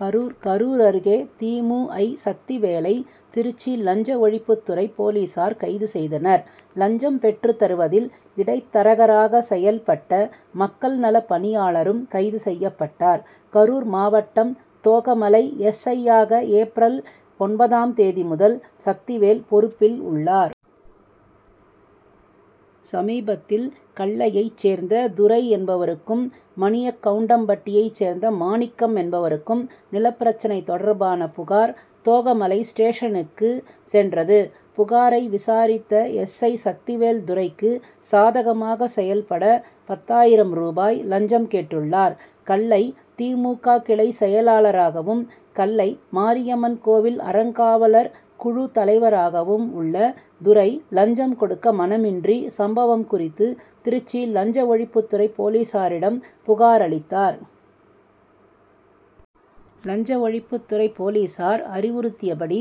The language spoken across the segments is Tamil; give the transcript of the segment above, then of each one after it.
கரூர் கரூர் அருகே தி. மு. ஐ. சக்திவேலை திருச்சி லஞ்ச ஒழிப்புத்துறை போலீசார் கைது செய்தனர். லஞ்சம் பெற்றுத் தருவதில் இடைத்தரகராக செயல்பட்ட மக்கள் நலப் பணியாளரும் கைது செய்யப்பட்டார். கரூர் மாவட்டம் தோகமலை எஸ். ஐ.யாக ஏப்ரல் ஒன்பதாம் தேதி முதல் சக்திவேல் பொறுப்பில் உள்ளார். சமீபத்தில் கள்ளையைச் சேர்ந்த துரை என்பவருக்கும் மணிய கவுண்டம்பட்டியைச் சேர்ந்த மாணிக்கம் என்பவருக்கும் நிலப்பிரச்னை தொடர்பான புகார் தோகமலை ஸ்டேஷனுக்கு சென்றது. புகாரை விசாரித்த எஸ். ஐ. சக்திவேல் துரைக்கு சாதகமாக செயல்பட பத்தாயிரம் ரூபாய் லஞ்சம் கேட்டுள்ளார். கள்ளை தி. மு. க. கிளை செயலராகவும் கள்ளை மாரியம்மன் கோவில் அறங்காவலர் குழு தலைவராகவும் உள்ள துரை லஞ்சம் கொடுக்க மனமின்றி சம்பவம் குறித்து திருச்சி லஞ்ச ஒழிப்புத்துறை போலீசாரிடம் புகார் அளித்தார். லஞ்ச ஒழிப்புத் துறை போலீசார் அறிவுறுத்தியபடி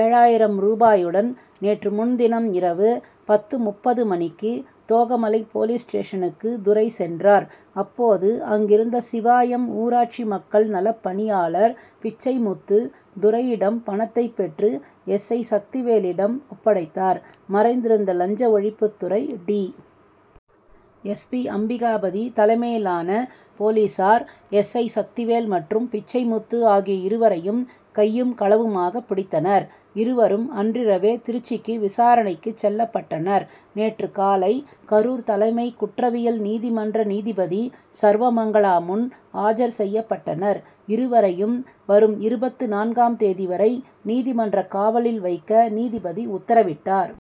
ஏழாயிரம் ரூபாயுடன் நேற்று முன்தினம் இரவு பத்து முப்பது மணிக்கு தோகமலை போலீஸ் ஸ்டேஷனுக்கு துரை சென்றார். அப்போது அங்கிருந்த சிவாயம் ஊராட்சி மக்கள் நலப்பணியாளர் பிச்சைமுத்து துரையிடம் பணத்தை பெற்று எஸ். ஐ. சக்திவேலிடம் ஒப்படைத்தார். மறைந்திருந்த லஞ்ச ஒழிப்புத்துறை டி. எஸ். பி. அம்பிகாபதி தலைமையிலான போலீசார் எஸ். ஐ. சக்திவேல் மற்றும் பிச்சைமுத்து ஆகிய இருவரையும் கையும் களவுமாக பிடித்தனர். இருவரும் அன்றிரவே திருச்சிக்கு விசாரணைக்கு செல்லப்பட்டனர். நேற்று காலை கரூர் தலைமை குற்றவியல் நீதிமன்ற நீதிபதி சர்வமங்களா முன் ஆஜர் செய்யப்பட்டனர். இருவரையும் வரும் இருபத்து நான்காம் தேதி வரை நீதிமன்ற காவலில் வைக்க நீதிபதி உத்தரவிட்டார்.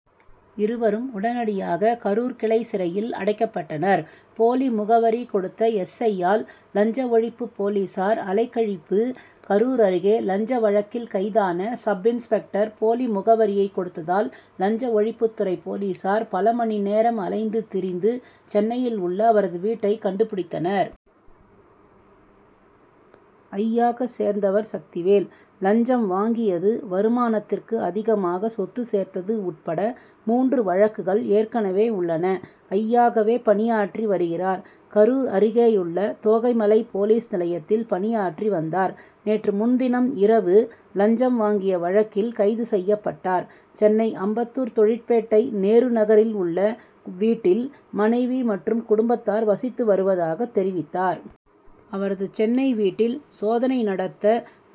இருவரும் உடனடியாக கரூர் கிளை சிறையில் அடைக்கப்பட்டனர். போலி முகவரி கொடுத்த எஸ். ஐ.யால் லஞ்ச ஒழிப்பு போலீசார் அலைக்கழிப்பு கரூர் அருகே லஞ்ச வழக்கில் கைதான சப்-இன்ஸ்பெக்டர் போலி முகவரியை கொடுத்ததால் லஞ்ச ஒழிப்புத்துறை போலீசார் பல மணி நேரம் அலைந்து திரிந்து சென்னையில் உள்ள அவரது வீட்டை கண்டுபிடித்தனர். ஐ.யாக சேர்ந்தவர் சக்திவேல். லஞ்சம் வாங்கியது வருமானத்திற்கு அதிகமாக சொத்து சேர்த்தது உட்பட மூன்று வழக்குகள் ஏற்கனவே உள்ளன. ஐ.யாகவே பணியாற்றி வருகிறார். கரூர் அருகேயுள்ள தோகைமலை போலீஸ் நிலையத்தில் பணியாற்றி வந்தார். நேற்று முன்தினம் இரவு லஞ்சம் வாங்கிய வழக்கில் கைது செய்யப்பட்டார். சென்னை அம்பத்தூர் தொழிற்பேட்டை நேரு நகரில் உள்ள வீட்டில் மனைவி மற்றும் குடும்பத்தார் வசித்து வருவதாக தெரிவித்தார். அவரது சென்னை வீட்டில் சோதனை நடத்த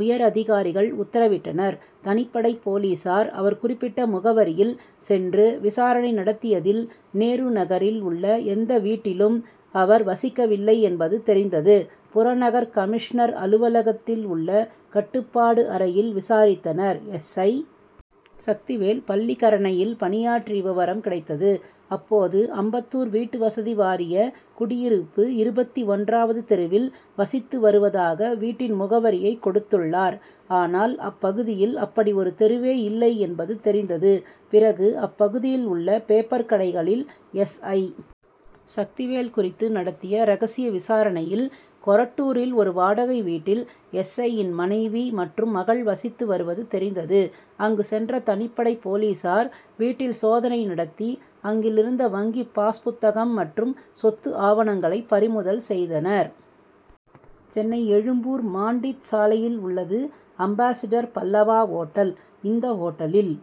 உயர் அதிகாரிகள் உத்தரவிட்டனர். தனிப்படை போலீசார் அவர் குறிப்பிட்ட முகவரியில் சென்று விசாரணை நடத்தியதில் நேருநகரில் உள்ள எந்த வீட்டிலும் அவர் வசிக்கவில்லை என்பது தெரிந்தது. புறநகர் கமிஷனர் அலுவலகத்தில் உள்ள கட்டுப்பாடு அறையில் விசாரித்தனர். எஸ். ஐ. சக்திவேல் பள்ளிக்கரணையில் பணியாற்றிய விவரம் கிடைத்தது. அப்போது அம்பத்தூர் வீட்டுவசதி வாரிய குடியிருப்பு இருபத்தி ஒன்றாவது தெருவில் வசித்து வருவதாக வீட்டின் முகவரியை கொடுத்துள்ளார். ஆனால் அப்பகுதியில் அப்படி ஒரு தெருவே இல்லை என்பது தெரிந்தது. பிறகு அப்பகுதியில் உள்ள பேப்பர் கடைகளில் எஸ். ஐ. சக்திவேல் குறித்து நடத்திய ரகசிய விசாரணையில் கொரட்டூரில் ஒரு வாடகை வீட்டில் எஸ். ஐ.யின் மனைவி மற்றும் மகள் வசித்து வருவது தெரிந்தது. அங்கு சென்ற தனிப்படை போலீசார் வீட்டில் சோதனை நடத்தி அங்கிலிருந்த வங்கி பாஸ் புத்தகம் மற்றும் சொத்து ஆவணங்களை பறிமுதல் செய்தனர். சென்னை எழும்பூர் மாண்டீத் சாலையில் உள்ளது அம்பாசிடர் பல்லவா ஓட்டல். இந்த ஓட்டலில்